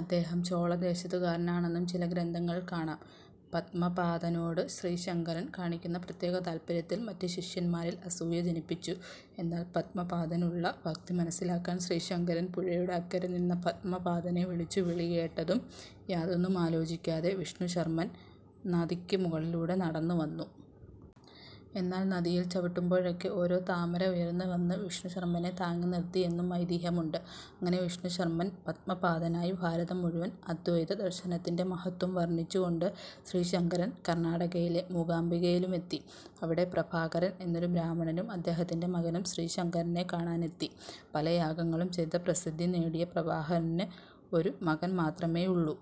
അദ്ദേഹം ചോള ദേശത്തുകാരനാണെന്നും ചില ഗ്രന്ഥങ്ങളിൽ കാണാം. പദ്മപാദനോട് ശ്രീശങ്കരൻ കാണിക്കുന്ന പ്രത്യേക താല്പര്യത്തിൽ മറ്റ് ശിഷ്യന്മാരിൽ അസൂയ ജനിപ്പിച്ചു. എന്നാൽ പദ്മപാദനുള്ള ഭക്തി മനസ്സിലാക്കാൻ ശ്രീശങ്കരൻ പുഴയുടെ അക്കരെ നിന്ന പദ്മപാദനെ വിളിച്ചു. വിളി കേട്ടതും യാതൊന്നും ആലോചിക്കാതെ വിഷ്ണുശർമ്മൻ നദിക്ക് മുകളിലൂടെ നടന്ന് വന്നു. എന്നാൽ നദിയിൽ ചവിട്ടുമ്പോഴൊക്കെ ഓരോ താമര ഉയർന്ന് വന്ന് വിഷ്ണുശർമ്മനെ താങ്ങി നിർത്തി എന്നും ഐതിഹ്യമുണ്ട്. അങ്ങനെ വിഷ്ണുശർമ്മൻ പദ്മപാദനായി. ഭാരതം മുഴുവൻ അദ്വൈതദർശനത്തിന്റെ മഹത്ത്വം വർണ്ണിച്ചു കൊണ്ട് ശ്രീശങ്കരൻ കർണ്ണാടകയിലെ മൂകാംബികയിലുമെത്തി. അവിടെ പ്രഭാകരൻ എന്നൊരു ബ്രാഹ്മണനും അദ്ദേഹത്തിന്റെ മകനും ശ്രീശങ്കരനെ കാണാനെത്തി. പല യാഗങ്ങളും ചെയ്ത പ്രസിദ്ധി നേടിയ പ്രഭാകരന് ഒരു മകൻ മാത്രമേയുള്ളു.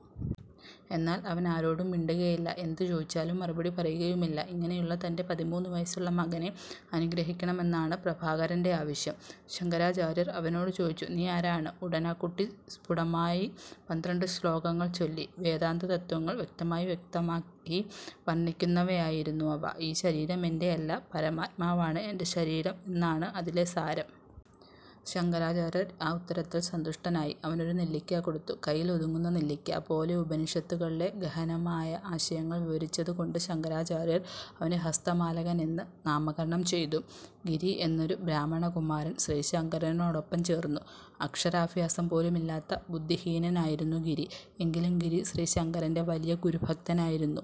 എന്നാൽ അവൻ ആരോടും മിണ്ടുകയില്ല; എന്ത് ചോദിച്ചാലും മറുപടി പറയുകയുമില്ല. ഇങ്ങനെയുള്ള തന്റെ പതിമൂന്ന് വയസ്സുള്ള മകനെ അനുഗ്രഹിക്കണമെന്നാണ് പ്രഭാകരന്റെ ആവശ്യം. ശങ്കരാചാര്യർ അവനോട് ചോദിച്ചു "നീ ആരാണ്? " ഉടൻ ആ കുട്ടി സ്ഫുടമായി പന്ത്രണ്ട് ശ്ലോകങ്ങൾ ചൊല്ലി. വേദാന്തതത്ത്വങ്ങൾ വ്യക്തമായി വ്യക്തമായി വർണ്ണിക്കുന്നവയായിരുന്നു അവ ഈ ശരീരം എന്റെയല്ല പരമാത്മാവാണ് എന്റെ ശരീരം എന്നാണ് അതിലെ സാരം. ശങ്കരാചാര്യർ ആ ഉത്തരത്തിൽ സന്തുഷ്ടനായി അവനൊരു നെല്ലിക്ക കൊടുത്തു. കൈയിലൊതുങ്ങുന്ന നെല്ലിക്ക പോലെ ഉപനിഷത്തുകളിലെ ഗഹനമായ ആശയങ്ങൾ വിവരിച്ചതു കൊണ്ട് ശങ്കരാചാര്യർ അവന് ഹസ്തമാലകൻ എന്ന് നാമകരണം ചെയ്തു. ഗിരി എന്നൊരു ബ്രാഹ്മണകുമാരൻ ശ്രീശങ്കരനോടൊപ്പം ചേർന്നു. അക്ഷരാഭ്യാസം പോലുമില്ലാത്ത ബുദ്ധിഹീനനായിരുന്നു ഗിരി. എങ്കിലും ഗിരി ശ്രീശങ്കരന്റെ വലിയ ഗുരു ഭക്തനായിരുന്നു.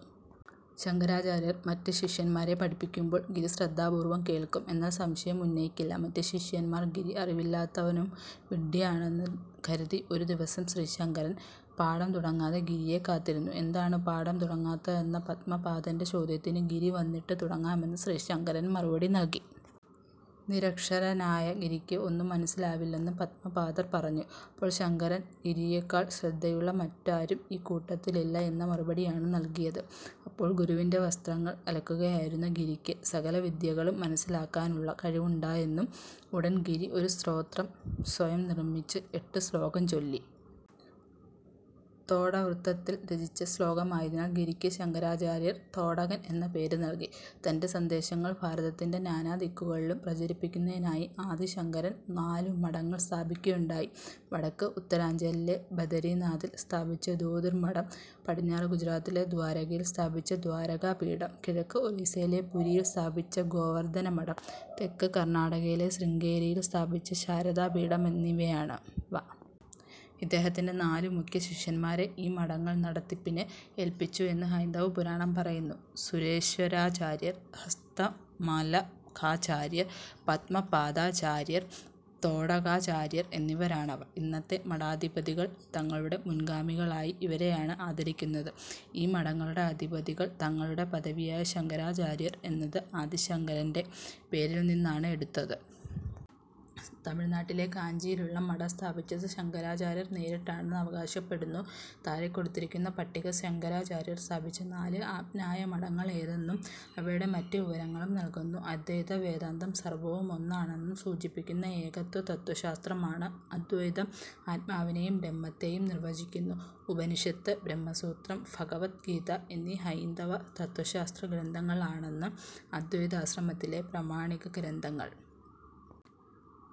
ശങ്കരാചാര്യർ മറ്റ് ശിഷ്യന്മാരെ പഠിപ്പിക്കുമ്പോൾ ഗിരി ശ്രദ്ധാപൂർവം കേൾക്കും. എന്നാൽ സംശയം ഉന്നയിക്കില്ല. മറ്റ് ശിഷ്യന്മാർ ഗിരി അറിവില്ലാത്തവനും വിഡ്ഢിയാണെന്ന് കരുതി. ഒരു ദിവസം ശ്രീശങ്കരൻ പാഠം തുടങ്ങാതെ ഗിരിയെ കാത്തിരുന്നു. എന്താണ് പാഠം തുടങ്ങാത്തതെന്ന പദ്മപാദന്റെ ചോദ്യത്തിന് ഗിരി വന്നിട്ട് തുടങ്ങാമെന്ന് ശ്രീശങ്കരൻ മറുപടി നൽകി. നിരക്ഷരനായ ഗിരിക്ക് ഒന്നും മനസ്സിലാവില്ലെന്ന് പദ്മപാദർ പറഞ്ഞു. അപ്പോൾ ശങ്കരൻ ഗിരിയേക്കാൾ ശ്രദ്ധയുള്ള മറ്റാരും ഈ കൂട്ടത്തിലില്ല എന്ന മറുപടിയാണ് നൽകിയത്. അപ്പോൾ ഗുരുവിന്റെ വസ്ത്രങ്ങൾ അലക്കുകയായിരുന്ന ഗിരിക്ക് സകലവിദ്യകളും മനസ്സിലാക്കാനുള്ള കഴിവുണ്ടായെന്നും ഉടൻ ഗിരി ഒരു സ്തോത്രം സ്വയം നിർമ്മിച്ച് എട്ട് ശ്ലോകം ചൊല്ലി. തോടകവൃത്തത്തിൽ രചിച്ച ശ്ലോകമായതിനാൽ ഗിരിക്ക് ശങ്കരാചാര്യർ തോടകൻ എന്ന പേര് നൽകി. തന്റെ സന്ദേശങ്ങൾ ഭാരതത്തിന്റെ നാനാദിക്കുകളിലും പ്രചരിപ്പിക്കുന്നതിനായി ആദിശങ്കരൻ നാലു മഠങ്ങൾ സ്ഥാപിക്കുകയുണ്ടായി. വടക്ക് ഉത്തരാഞ്ചലിലെ ബദരിനാഥിൽ സ്ഥാപിച്ച ജ്യോതിർമഠം, പടിഞ്ഞാറ് ഗുജറാത്തിലെ ദ്വാരകയിൽ സ്ഥാപിച്ച ദ്വാരകാപീഠം, കിഴക്ക് ഒറീസ്സയിലെപുരിയിൽ സ്ഥാപിച്ച ഗോവർദ്ധനമഠം, തെക്ക് കർണാടകയിലെ ശൃംഗേരിയിൽ സ്ഥാപിച്ച ശാരദാപീഠം എന്നിവയാണവ. ഇദ്ദേഹത്തിന്റെ നാലു മുഖ്യ ശിഷ്യന്മാരെ ഈ മഠങ്ങൾ നടത്തിപ്പിന് ഏൽപ്പിച്ചു എന്ന് ഹൈന്ദവ പുരാണം പറയുന്നു. സുരേശ്വരാചാര്യർ, ഹസ്താമലകാചാര്യർ, പദ്മപാദാചാര്യർ തോടകാചാര്യർ എന്നിവരാണവർ. ഇന്നത്തെ മഠാധിപതികൾ തങ്ങളുടെ മുൻഗാമികളായി ഇവരെയാണ് ആദരിക്കുന്നത്. ഈ മഠങ്ങളുടെ അധിപതികൾ തങ്ങളുടെ പദവിയായ ശങ്കരാചാര്യർ എന്നത് ആദിശങ്കരന്റെ പേരിൽ നിന്നാണ് എടുത്തത്. തമിഴ്നാട്ടിലെ കാഞ്ചിയിലുള്ള മഠം സ്ഥാപിച്ചത് ശങ്കരാചാര്യർ നേരിട്ടാണെന്ന് അവകാശപ്പെടുന്നുണ്ട്. താഴെക്കൊടുത്തിരിക്കുന്ന പട്ടിക, ശങ്കരാചാര്യർ സ്ഥാപിച്ച നാലു ആമ്നായ മഠങ്ങൾ ഏതെന്നും അവയുടെ മറ്റ് വിവരങ്ങളും നൽകുന്നു. അദ്വൈതവേദാന്തം സർവ്വവും ഒന്നാണെന്നു സൂചിപ്പിക്കുന്ന ഏകത്വ തത്ത്വശാസ്ത്രമാണു്. അദ്വൈതം ആത്മാവിനേയും ബ്രഹ്മത്തേയും നിർവചിക്കുന്നു. ഉപനിഷത്ത്, ബ്രഹ്മസൂത്രം, ഭഗവദ്ഗീത എന്നീ ഹൈന്ദവ തത്ത്വശാസ്ത്രഗ്രന്ഥങ്ങളാണു് അദ്വൈതാശ്രമത്തിലെ പ്രാമാണിക ഗ്രന്ഥങ്ങൾ.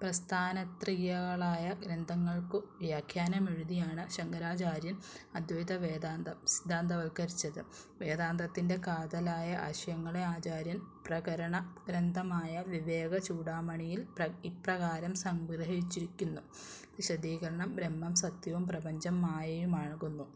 പ്രസ്ഥാനത്രയികളായ ഗ്രന്ഥങ്ങൾക്കു വ്യാഖ്യാനമെഴുതിയാണു ശങ്കരാചാര്യൻ അദ്വൈതവേദാന്തം സിദ്ധാന്തവൽക്കരിച്ചതു്. വേദാന്തത്തിന്റെ കാതലായ ആശയങ്ങളെ ആചാര്യൻ പ്രകരണഗ്രന്ഥമായ വിവേകചൂഡാമണിയിൽ ഇപ്രകാരം സംഗ്രഹിച്ചിരിക്കുന്നു: വിശദീകരണം: ബ്രഹ്മം സത്യവും, പ്രപഞ്ചം മായയുമാകുന്നു,